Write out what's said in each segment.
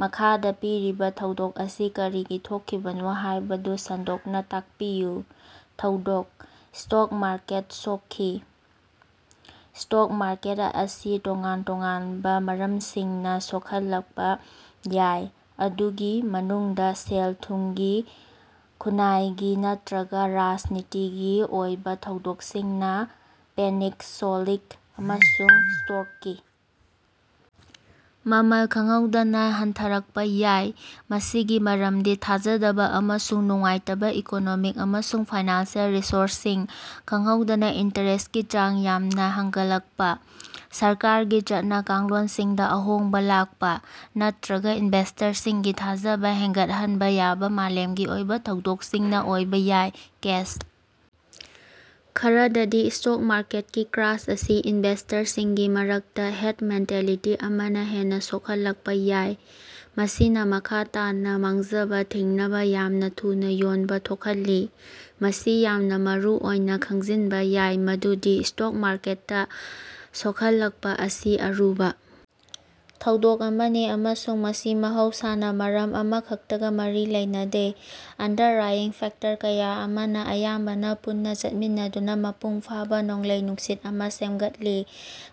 ꯃꯈꯥꯗ ꯄꯤꯔꯤꯕ ꯊꯧꯗꯣꯛ ꯑꯁꯤ ꯀꯔꯤꯒꯤ ꯊꯣꯛꯈꯤꯕꯅꯣ ꯍꯥꯏꯕꯗꯨ ꯁꯟꯗꯣꯛꯅ ꯇꯥꯛꯄꯤꯌꯨ꯫ ꯊꯧꯗꯣꯛ: ꯁ꯭ꯇꯣꯛ ꯃꯥꯔꯀꯦꯠ ꯁꯣꯛꯈꯤ꯫ ꯁ꯭ꯇꯣꯛ ꯃꯥꯔꯀꯦꯠ ꯑꯁꯤ ꯇꯣꯉꯥꯟ ꯇꯣꯉꯥꯟꯕ ꯃꯔꯝꯁꯤꯡꯅ ꯁꯣꯛꯍꯜꯂꯛꯄ ꯌꯥꯏ, ꯃꯗꯨꯒꯤ ꯃꯅꯨꯡꯗ ꯁꯦꯜ-ꯊꯨꯝꯒꯤ, ꯈꯨꯟꯅꯥꯏꯒꯤ ꯅꯠꯇꯔꯒ ꯔꯥꯖꯅꯤꯇꯤꯒꯤ ꯑꯣꯏꯕ ꯊꯧꯗꯣꯛꯁꯤꯡꯅ ꯄꯦꯅꯤꯛ ꯁꯜꯂꯤꯡ ꯑꯃꯁꯨꯡ ꯁ꯭ꯇꯣꯛꯀꯤ ꯃꯃꯜ ꯈꯪꯍꯧꯗꯅ ꯍꯟꯊꯔꯛꯄ ꯌꯥꯏ꯫ ꯃꯁꯤꯒꯤ ꯃꯔꯝꯗꯤ ꯊꯥꯖꯗꯕ ꯑꯃꯁꯨꯡ ꯅꯨꯡꯉꯥꯏꯇꯕ ꯏꯀꯣꯅꯣꯃꯤꯛ ꯑꯃꯁꯨꯡ ꯐꯥꯏꯅꯥꯟꯁꯤꯑꯦꯜ ꯔꯤꯄ꯭ꯣꯔꯠꯁꯤꯡ, ꯈꯪꯍꯧꯗꯅ ꯏꯟꯇꯔꯦꯁꯀꯤ ꯆꯥꯡ ꯌꯥꯝꯅ ꯍꯦꯒꯠꯂꯛꯄ, ꯁꯔꯀꯥꯔꯒꯤ ꯆꯠꯅ-ꯀꯥꯡꯂꯣꯅꯁꯤꯡꯗ ꯑꯍꯣꯡꯕ ꯂꯥꯛꯄ, ꯅꯠꯇꯔꯒ ꯏꯅꯚꯦꯁ꯭ꯇꯔꯁꯤꯡꯒꯤ ꯊꯥꯖꯕ ꯍꯦꯒꯠꯍꯟꯕ ꯌꯥꯕ ꯃꯥꯂꯦꯃꯒꯤ ꯑꯣꯏꯕ ꯊꯧꯗꯣꯛꯁꯤꯡꯅ ꯑꯣꯏꯕ ꯌꯥꯏ꯫ ꯀꯦꯁ ꯈꯔꯗꯗꯤ, ꯁ꯭ꯇꯣꯛ ꯃꯥꯔꯀꯦꯠꯀꯤ ꯀ꯭ꯔꯥꯁ ꯑꯁꯤ ꯏꯅꯚꯦꯁ꯭ꯇꯔꯁꯤꯡꯒꯤ ꯃꯔꯛꯇ ꯍꯦꯔ꯭ꯗ ꯃꯦꯟꯇꯦꯂꯤꯇꯤ ꯑꯃꯅ ꯍꯦꯟꯅ ꯁꯣꯛꯍꯜꯂꯛꯄ ꯌꯥꯏ, ꯃꯁꯤꯅ ꯃꯈꯥ ꯇꯥꯅ ꯃꯥꯡꯖꯕ ꯊꯤꯡꯅꯕ ꯌꯥꯝꯅ ꯊꯨꯅ ꯌꯣꯟꯕ ꯊꯣꯛꯍꯜꯂꯤ꯫ ꯃꯁꯤ ꯌꯥꯝꯅ ꯃꯔꯨꯑꯣꯏꯅ ꯈꯪꯖꯤꯅꯕ ꯌꯥꯏ ꯃꯗꯨꯗꯤ ꯁ꯭ꯇꯣꯛ ꯃꯥꯔꯀꯦꯠꯇ ꯁꯣꯛꯍꯜꯂꯛꯄ ꯑꯁꯤ ꯑꯔꯨꯕ ꯊꯧꯗꯣꯛ ꯑꯃꯅꯤ, ꯑꯃꯁꯨꯡ ꯃꯁꯤ ꯃꯍꯧꯁꯥꯅ ꯃꯔꯝ ꯑꯃꯈꯛꯇꯒ ꯃꯔꯤ ꯂꯩꯅꯗꯦ꯫ ꯑꯟꯗꯔꯂꯥꯏꯌꯤꯡ ꯐꯦꯛꯇꯔ ꯀꯌꯥ ꯑꯃꯅ ꯑꯌꯥꯝꯕꯅ ꯄꯨꯟꯅ ꯆꯠꯃꯤꯟꯅꯗꯨꯅ ꯃꯄꯨꯡ ꯐꯥꯕ ꯅꯣꯡꯂꯩ-ꯅꯨꯡꯁꯤꯠ ꯑꯃ ꯁꯦꯝꯒꯠꯂꯤ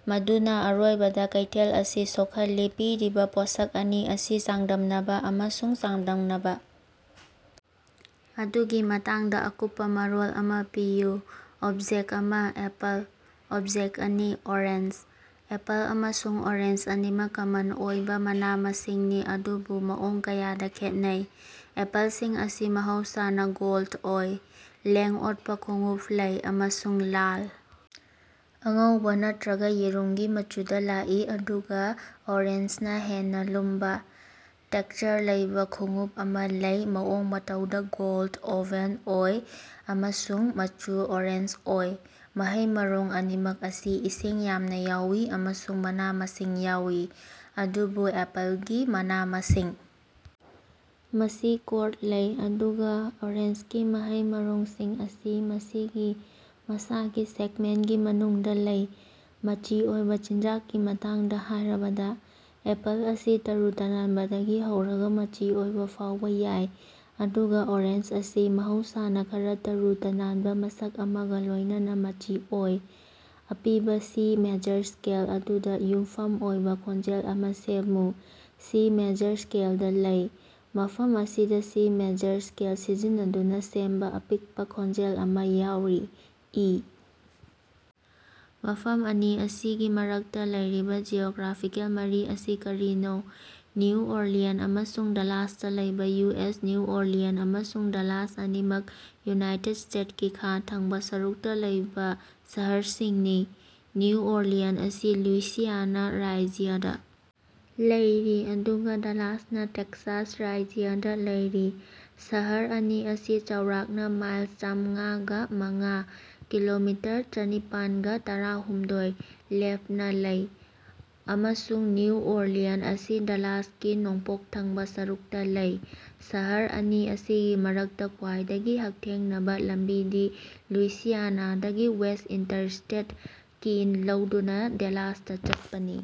ꯃꯗꯨꯅ ꯑꯔꯣꯏꯕꯗ ꯀꯩꯊꯦꯜ ꯑꯁꯤ ꯁꯣꯈꯜꯂꯤ꯫ ꯄꯤꯔꯤꯕ ꯄꯣꯠꯁꯛ ꯑꯅꯤ ꯑꯁꯤ ꯆꯥꯡꯗꯝꯅꯕ ꯑꯃꯁꯨꯡ ꯆꯥꯡꯗꯝꯅꯕ ꯑꯗꯨꯒꯤ ꯃꯇꯥꯡꯗ ꯑꯀꯨꯞꯄ ꯃꯔꯣꯜ ꯑꯃ ꯄꯤꯌꯨ꯫ ꯑꯣꯕꯖꯦꯛ ꯑꯃ: ꯑꯦꯄꯜ ꯑꯣꯕꯖꯦꯛ ꯲: ꯑꯣꯔꯦꯟꯖ꯫ ꯑꯦꯄꯜ ꯑꯃꯁꯨꯡ ꯑꯣꯔꯦꯟꯖ ꯑꯅꯤꯃꯛ ꯀꯃꯟ ꯑꯣꯏꯕ ꯃꯅ-ꯃꯁꯤꯡꯅꯤ ꯑꯗꯨꯕꯨ ꯃꯑꯣꯡ ꯀꯌꯥꯗ ꯈꯦꯠꯅꯩ꯫ ꯑꯦꯄꯜꯁꯤꯡ ꯑꯁꯤ ꯃꯍꯧꯁꯥꯅ ꯒꯣꯜꯗ ꯑꯣꯏ, ꯂꯦꯡ-ꯑꯣꯠꯄ ꯈꯣꯡꯎꯞ ꯂꯩ, ꯑꯃꯁꯨꯡ ꯂꯥꯜ, ꯑꯉꯧꯕꯥ ꯅꯠꯇꯔꯒꯥ ꯌꯦꯔꯨꯝꯒꯤ ꯃꯆꯨꯗ ꯂꯥꯛꯏ, ꯑꯗꯨꯒ ꯑꯣꯔꯦꯟꯖꯅ ꯍꯦꯟꯅ ꯂꯨꯝꯕ, ꯇꯦꯛꯁꯆꯔ ꯂꯩꯕ ꯈꯣꯡꯎꯞ ꯑꯃ ꯂꯩ, ꯃꯑꯣꯡ-ꯃꯇꯧꯗ ꯒꯣꯜꯗ-ꯑꯣꯚꯜ ꯑꯣꯏ ꯑꯃꯁꯨꯡ ꯃꯆꯨ ꯑꯣꯔꯦꯟꯖ ꯑꯣꯏ꯫ ꯃꯍꯩ-ꯃꯔꯣꯡ ꯑꯅꯤꯃꯛ ꯑꯁꯤ ꯏꯁꯤꯡ ꯌꯥꯝꯅ ꯌꯥꯎꯏ ꯑꯃꯁꯨꯡ ꯃꯅꯥ-ꯃꯁꯤꯡ ꯌꯥꯎꯏ, ꯑꯗꯨꯕꯨ ꯑꯦꯄꯜꯒꯤ ꯃꯅꯥ-ꯃꯁꯤꯡ ꯑꯁꯤ ꯀꯣꯔ꯭ꯗ ꯂꯩ, ꯑꯗꯨꯒꯥ ꯑꯣꯔꯦꯟꯖꯒꯤ ꯃꯍꯩ-ꯃꯔꯣꯡꯁꯤꯡ ꯑꯁꯤ ꯃꯁꯤꯒꯤ ꯃꯁꯥꯒꯤ ꯁꯦꯛꯃꯦꯟꯇꯁꯤꯡꯒꯤ ꯃꯅꯨꯡꯗ ꯂꯩ꯫ ꯃꯆꯤ ꯑꯣꯏꯕ ꯆꯤꯟꯖꯥꯛꯀꯤ ꯃꯇꯥꯡꯗ ꯍꯥꯏꯔꯕꯗ, ꯑꯦꯄꯜ ꯑꯁꯤ ꯇꯔꯨ ꯇꯅꯥꯟꯕꯗꯒꯤ ꯍꯧꯔꯒ ꯃꯆꯤ ꯑꯣꯏꯕ ꯐꯥꯎꯕ ꯌꯥꯏ ꯑꯗꯨꯒ ꯑꯣꯔꯦꯟꯖ ꯑꯁꯤ ꯃꯍꯧꯁꯥꯅ ꯈꯔꯥ ꯇꯔꯨ ꯇꯅꯥꯟꯕ ꯃꯁꯛ ꯑꯃꯒ ꯂꯣꯏꯅꯅꯥ ꯃꯆꯤ ꯑꯣꯏ꯫ ꯑꯄꯤꯕ ꯁꯤ ꯃꯦꯖꯔ ꯁ꯭ꯀꯦꯜ ꯑꯗꯨꯗ ꯌꯨꯝꯐꯝ ꯑꯣꯏꯕ ꯈꯣꯟꯖꯦꯜ ꯑꯃ ꯁꯦꯝꯃꯨ꯫ ꯁꯤ ꯃꯦꯖꯔ ꯁ꯭ꯀꯦꯂꯗ ꯂꯩ꯫ ꯃꯐꯝ ꯑꯁꯤꯗ ꯁꯤ ꯃꯦꯖꯔ ꯁ꯭ꯀꯦꯜ ꯁꯤꯖꯤꯟꯅꯗꯨꯅ ꯁꯦꯝꯕ ꯑꯄꯤꯛꯄ ꯈꯣꯟꯖꯦꯜ ꯑꯃ ꯌꯥꯎꯔꯤ: ꯏ. ꯃꯐꯝ ꯑꯅꯤ ꯑꯁꯤꯒꯤ ꯃꯔꯛꯇꯥ ꯂꯩꯔꯤꯕ ꯖꯤꯑꯣꯒ꯭ꯔꯥꯐꯤꯀꯦꯜ ꯃꯔꯤ ꯑꯁꯤ ꯀꯔꯤꯅꯣ? ꯅ꯭ꯌꯨ ꯑꯣꯔꯂꯤꯟ ꯑꯃꯁꯨꯡ ꯗꯂꯥꯁꯇꯥ ꯂꯩꯕꯥ ꯌꯨ. ꯑꯦꯁ ꯅ꯭ꯌꯨ ꯑꯣꯔꯂꯤꯟ ꯑꯃꯁꯨꯡ ꯗꯂꯥꯁ ꯑꯅꯤꯃꯛ ꯌꯨꯅꯥꯏꯇꯦꯗ ꯁ꯭ꯇꯦꯇꯁꯀꯤ ꯈꯥ ꯊꯪꯕꯥ ꯁꯔꯨꯛꯇ ꯂꯩꯕ ꯁꯍꯔꯁꯤꯡꯅꯤ꯫ ꯅ꯭ꯌꯨ ꯑꯣꯔꯂꯤꯟ ꯑꯁꯤ ꯂꯨꯏꯁꯤꯌꯥꯅꯥ ꯔꯥꯖ꯭ꯌꯗ ꯂꯩꯔꯤ ꯑꯗꯨꯒ ꯗꯂꯥꯁꯅ ꯇꯦꯛꯁꯥꯁ ꯔꯥꯖ꯭ꯌꯗ ꯂꯩꯔꯤ꯫ ꯁꯍꯔ ꯑꯅꯤ ꯑꯁꯤ ꯆꯥꯎꯔꯥꯛꯅ ꯃꯥꯏꯜ ꯆꯥꯝꯉꯒ ꯃꯉꯥ (ꯀꯤꯂꯣꯃꯤꯇꯔ ꯆꯅꯤꯄꯥꯟꯒ ꯇꯔꯥ ꯍꯨꯝꯗꯣꯏ) ꯂꯥꯞꯅ ꯂꯩ, ꯑꯃꯁꯨꯡ ꯅ꯭ꯌꯨ ꯑꯣꯔꯂꯤꯟ ꯑꯁꯤ ꯗꯂꯥꯁꯀꯤ ꯅꯣꯡꯄꯣꯛ ꯊꯪꯕꯥ ꯁꯔꯨꯛꯇꯥ ꯂꯩ꯫ ꯁꯍꯔ ꯑꯅꯤ ꯑꯁꯤꯒꯤ ꯃꯔꯛꯇꯥ ꯈ꯭ꯋꯥꯏꯗꯒꯤ ꯍꯛꯊꯦꯡꯅꯕ ꯂꯝꯕꯤꯗꯤ ꯂꯨꯏꯁꯤꯌꯥꯅꯥꯗꯒꯤ ꯋꯦꯁ꯭ꯠ ꯏꯟꯇꯔꯁ꯭ꯇꯦꯠ ꯀꯤꯟ ꯂꯧꯗꯨꯅ ꯗꯂꯥꯁꯇꯥ ꯆꯠꯄꯅꯤ꯫